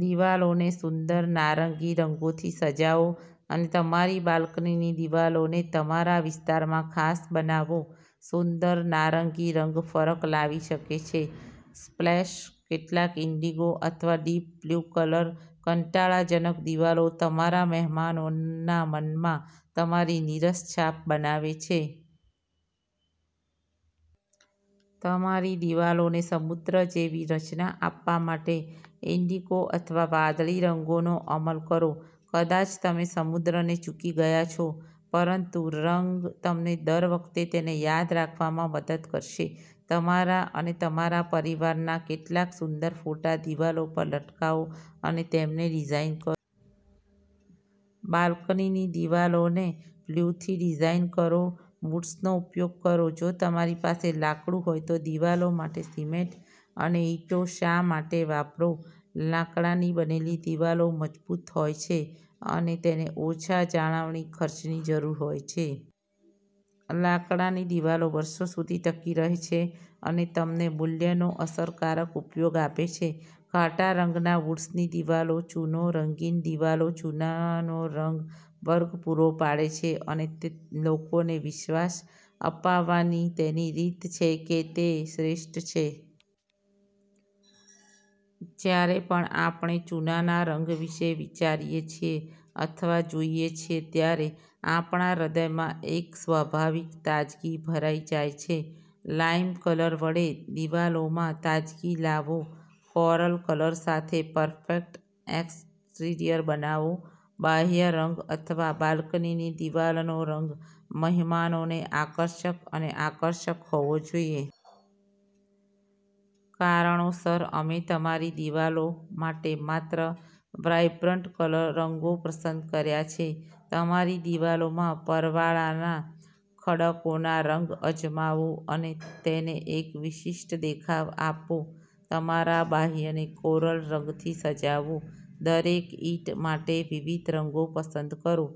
દિવાલોને સુંદર નારંગી રંગથી સજાવો અને તમારી બાલ્કનીની દિવાલોને તમારા વિસ્તારમાં ખાસ બનાવો. સુંદર નારંગી રંગ ફરક લાવી શકે છે સ્પ્લેશ કેટલાક ઈન્ડિગો અથવા ડીપ બ્લુ કલર કંટાળાજનક દિવાલો તમારા મહેમાનના મનમાં તમારી નીરસ છાપ બનાવે છે. તમારી દિવાલોને સમુદ્ર જેવી રચના આપવા માટે ઈન્ડિગો અથવા વાદળી રંગોનો અમલ કરો. કદાચ તમે સમુદ્રને ચૂકી ગયા છો, પરંતુરંગ તમને દર વખતે તેને યાદ રાખવામાં મદદ કરશે. તમારા અને તમારા પરિવારના કેટલાક સુંદર ફોટા દિવાલો પર લટકાવો અને તેમને ડિઝાઇન કરો. બાલ્કનીની દિવાલોને બ્લુથી ડિઝાઇન કરો વુડ્સનો ઉપયોગ કરો જો તમારી પાસે લાકડું હોય તો દિવાલો માટે સિમેન્ટ અને ઇંટો શા માટે વાપરો? લાકડાની બનેલી દિવાલો મજબૂત હોય છે અને તેને ઓછા જાળવણી ખર્ચની જરૂર હોય છે. લાકડાની દિવાલો વર્ષો સુધી ટકી રહે છે અને તમને મૂલ્યનો અસરકારક ઉપયોગ આપે છે. ઘાટા રંગના વૂડ્સની દિવાલો ચૂનો રંગીન દિવાલો ચૂનોનો રંગ વર્ગ પૂરો પાડે છે અને લોકોને વિશ્વાસ અપાવવાની તેની રીત છે કે તે શ્રેષ્ઠ છે. જ્યારે પણ આપણેચૂનાના રંગ વિશે વિચારીએ છીએ અથવા જોઈએ છીએ ત્યારે આપણા હૃદયમાં એક સ્વાભાવિક તાજગી ભરાઈ જાય છે. લાઇમ કલર વડે દિવાલોમાં તાજગી લાવો કોરલ કલર સાથે પરફેક્ટ એક્સટીરીયર બનાવો બાહ્ય રંગ અથવા બાલ્કનીની દિવાલનો રંગ મહેમાનોને આકર્ષક અને આકર્ષક હોવો જોઈએ. કારણોસર, અમે તમારી દિવાલો માટે માત્ર વાઇબ્રન્ટ રંગો પસંદ કર્યા છે. તમારી દિવાલોમાં પરવાળાના ખડકોનોરંગ અજમાવો અને તેને એક વિશિષ્ટ દેખાવ આપો. તમારા બાહ્યને કોરલ રંગથી સજાવો દરેક ઈંટ માટે વિવિધ રંગો પસંદ કરો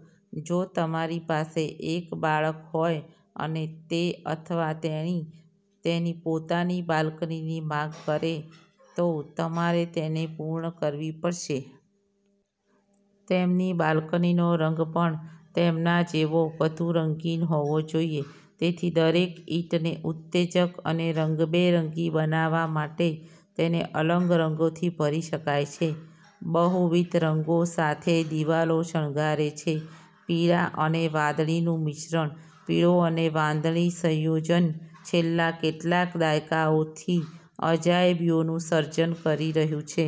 જો તમારી પાસે એક બાળક હોય અને તે અથવા તેણી તેની પોતાની બાલ્કનીની માંગ કરે, તો તમારે તેને પૂર્ણ કરવી પડશે. તેમની બાલ્કનીનો રંગ પણ તેમના જેવો, વધુ રંગીન હોવો જોઈએ. તેથી, દરેક ઈંટને ઉત્તેજક અને રંગબેરંગી બનાવવા માટે તેને અલગ રંગથી ભરી શકાય છે. બહુવિધ રંગો સાથે દિવાલો શણગારે છે પીળા અને વાદળીનું મિશ્રણ પીળો અને વાદળી સંયોજન છેલ્લા કેટલાક દાયકાઓથી અજાયબીઓનું સર્જન કરી રહ્યું છે.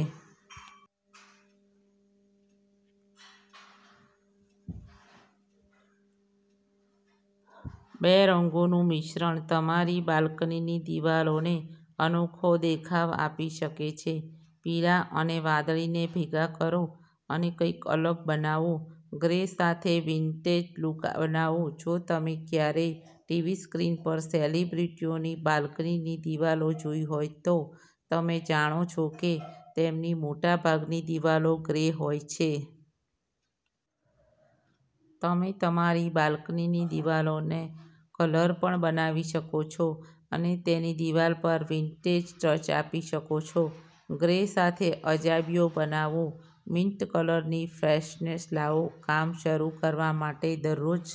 બે રંગોનું મિશ્રણ તમારી બાલ્કનીની દિવાલોને અનોખો દેખાવ આપી શકે છે. પીળા અને વાદળીને ભેગા કરો અને કંઈક અલગ બનાવો ગ્રે સાથે વિન્ટેજ લુક બનાવો જો તમે ક્યારેય ટીવી સ્ક્રીન પર સેલિબ્રિટીઓની બાલ્કનીની દિવાલો જોઈ હોય, તો તમે જાણો છો કે તેમની મોટાભાગની દિવાલો ગ્રે હોય છે. તમે તમારી બાલ્કનીની દિવાલને કલર પણ બનાવી શકો છો અને તેને દિવાલ પર વિન્ટેજ ટચ આપી શકો છો. ગ્રે સાથે અજાયબીઓ બનાવો મિન્ટ કલરની ફ્રેશનેસ લાવો કામ શરૂ કરવા માટે દરરોજ